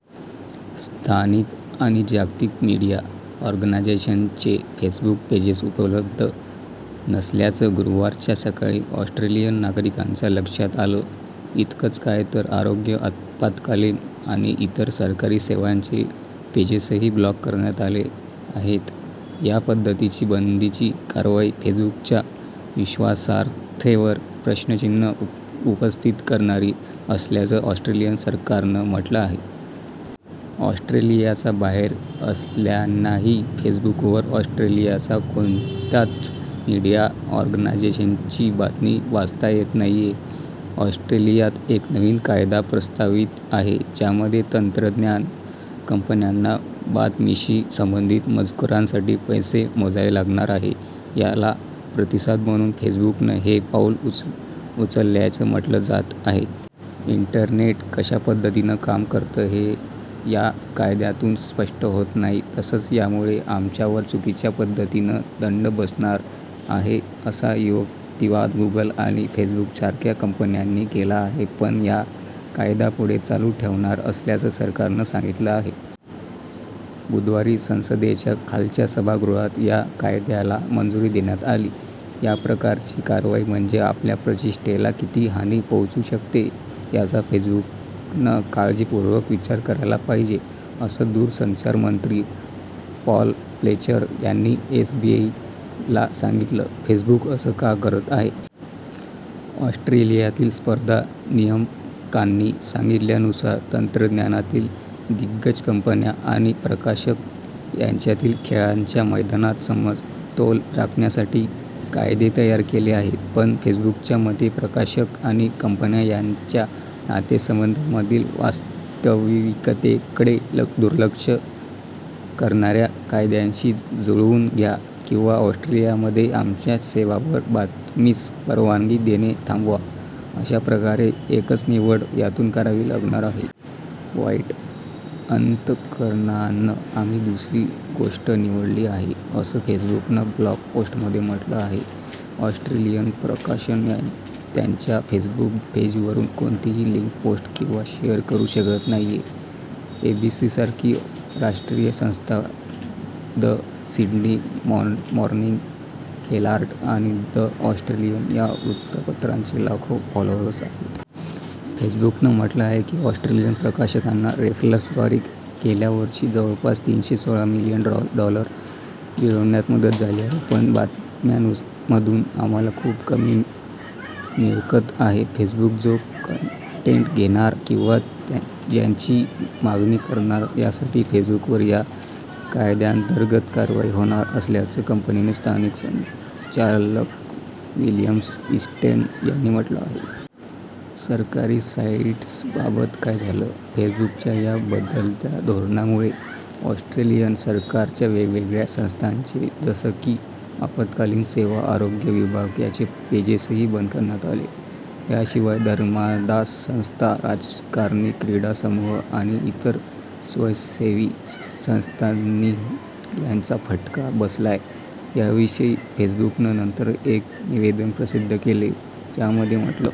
स्थानिक आणि जागतिक मीडिया ऑर्गनायजेशन्सचे फेसबुक पेजेस उपलब्ध नसल्याचं गुरुवारच्या सकाळी ऑस्ट्रेलियन नागरिकांच्या लक्षात आलं. इतकंच काय तर आरोग्य आपात्कालीन आणि इतर सरकारी सेवांचे पेजेसही ब्लॉक करण्यात आले आहेत. या पद्धतीची बंदीची कारवाई फेसबुकच्या विश्वासार्हतेवर प्रश्नचिन्ह उपस्थित करणारी असल्याचं ऑस्ट्रेलियन सरकारनं म्हटलं आहे. ऑस्ट्रेलियाच्या बाहेर असलेल्यांनाही फेसबुकवर ऑस्ट्रेलियाच्या कोणत्याच मीडिया ऑर्गनायजेशन्सची बातमी वाचता येत नाहीये. ऑस्ट्रेलियात एक नवीन कायदा प्रस्तावित आहे. ज्यामध्ये तंत्रज्ञान कंपन्यांना बातमीशी संबंधित मजकुरासाठी पैसे मोजावे लागणार आहे. याला प्रतिसाद म्हणून फेसबुकनं हे पाऊल उचलल्याचं म्हटलं जात आहे. इंटरनेट कशा पद्धतीनं काम करतं हे या कायद्यातून स्पष्ट होत नाही. तसंच यामुळे आमच्यावर चुकीच्या पद्धतीनं दंड बसणार आहे असा युक्तिवाद गुगल आणि फेसबुकसारख्या कंपन्यांनी केला आहे. पण या कायदा पुढे चालू ठेवणार असल्याचं सरकारनं सांगितलं आहे. बुधवारी संसदेच्या खालच्या सभागृहात या कायद्याला मंजुरी देण्यात आली. याप्रकारची कारवाई म्हणजे आपल्या प्रतिष्ठेला किती हानी पोहोचू शकते, याचा फेसबुकनं काळजीपूर्वक विचार करायला पाहिजे असं दूरसंचार मंत्री पॉल फ्लेचर यांनी एबीसीला सांगितलं. फेसबुक असं का करत आहे? ऑस्ट्रेलियातील स्पर्धा नियामकांनी सांगितल्यानुसार, तंत्रज्ञानातील दिग्गज कंपन्या आणि प्रकाशक यांच्यातील खेळाच्या मैदानात समतोल राखण्यासाठी कायदे तयार केले आहेत. पण फेसबुकच्या मते प्रकाशक आणि कंपन्या यांच्या नातेसंबंधांमधील वास्तविकतेकडे दुर्लक्ष करणाऱ्या कायद्याशी जुळवून घ्या किंवा ऑस्ट्रेलियामध्ये आमच्या सेवांवर बातमीस परवानगी देणे थांबवा, अशाप्रकारची एकच निवड यातून करावी लागणार आहे. वाईट अंतकरणानं आम्ही दुसरी गोष्ट निवडली आहे, असं फेसबुकनं ब्लॉग पोस्टमध्ये म्हटलं आहे. ऑस्ट्रेलियन प्रकाशनं त्यांच्या फेसबुक पेजवरून कोणतीही लिंक पोस्ट किंवा शेयर करू शकत नाहीये. एबीसी सारखी राष्ट्रीय संस्था, द सिडनी, मॉर्निंग हेराल्ड आणि द ऑस्ट्रेलियन या वृत्तपत्रांचे लाखो फॉलोअर्स आहेत. फेसबुकनं म्हटलं आहे की ऑस्ट्रेलियन प्रकाशकांना रेफरल्सद्वारे गेल्या वर्षी जवळपास तीनशे सोळा मिलियन डॉलर मिळवण्यास मदत झाली आहे। पण, बातम्यांमधून आम्हाला खूप कमी मिळकत आहे. फेसबुक जो कंटेट घेणार किंवा ज्याची मागणी करणार, यासाठी फेसबुकवर या कायद्यांतर्गत कारवाई होणार असल्याचं कंपनीचे स्थानिक संचालक विलियम ईस्टन यांनी म्हटलं आहे. सरकारी साईट्सबाबत काय झालं? फेसबुकच्या या बदलत्या धोरणांमुळे ऑस्ट्रेलियन सरकारच्या वेगवेगळ्या संस्थांचे जसं की आपत्कालीन सेवा, आरोग्य विभाग यांचे पेजेसही बंद करण्यात आले. याशिवाय धर्मादाय संस्था, राजकारणी, क्रीडा समूह आणि इतर स्वयंसेवी संस्थांनाही याचा फटका बसलाय. याविषयी फेसबुकनं नंतर एक निवेदन प्रसिद्ध केलं. ज्यामध्ये म्हटलं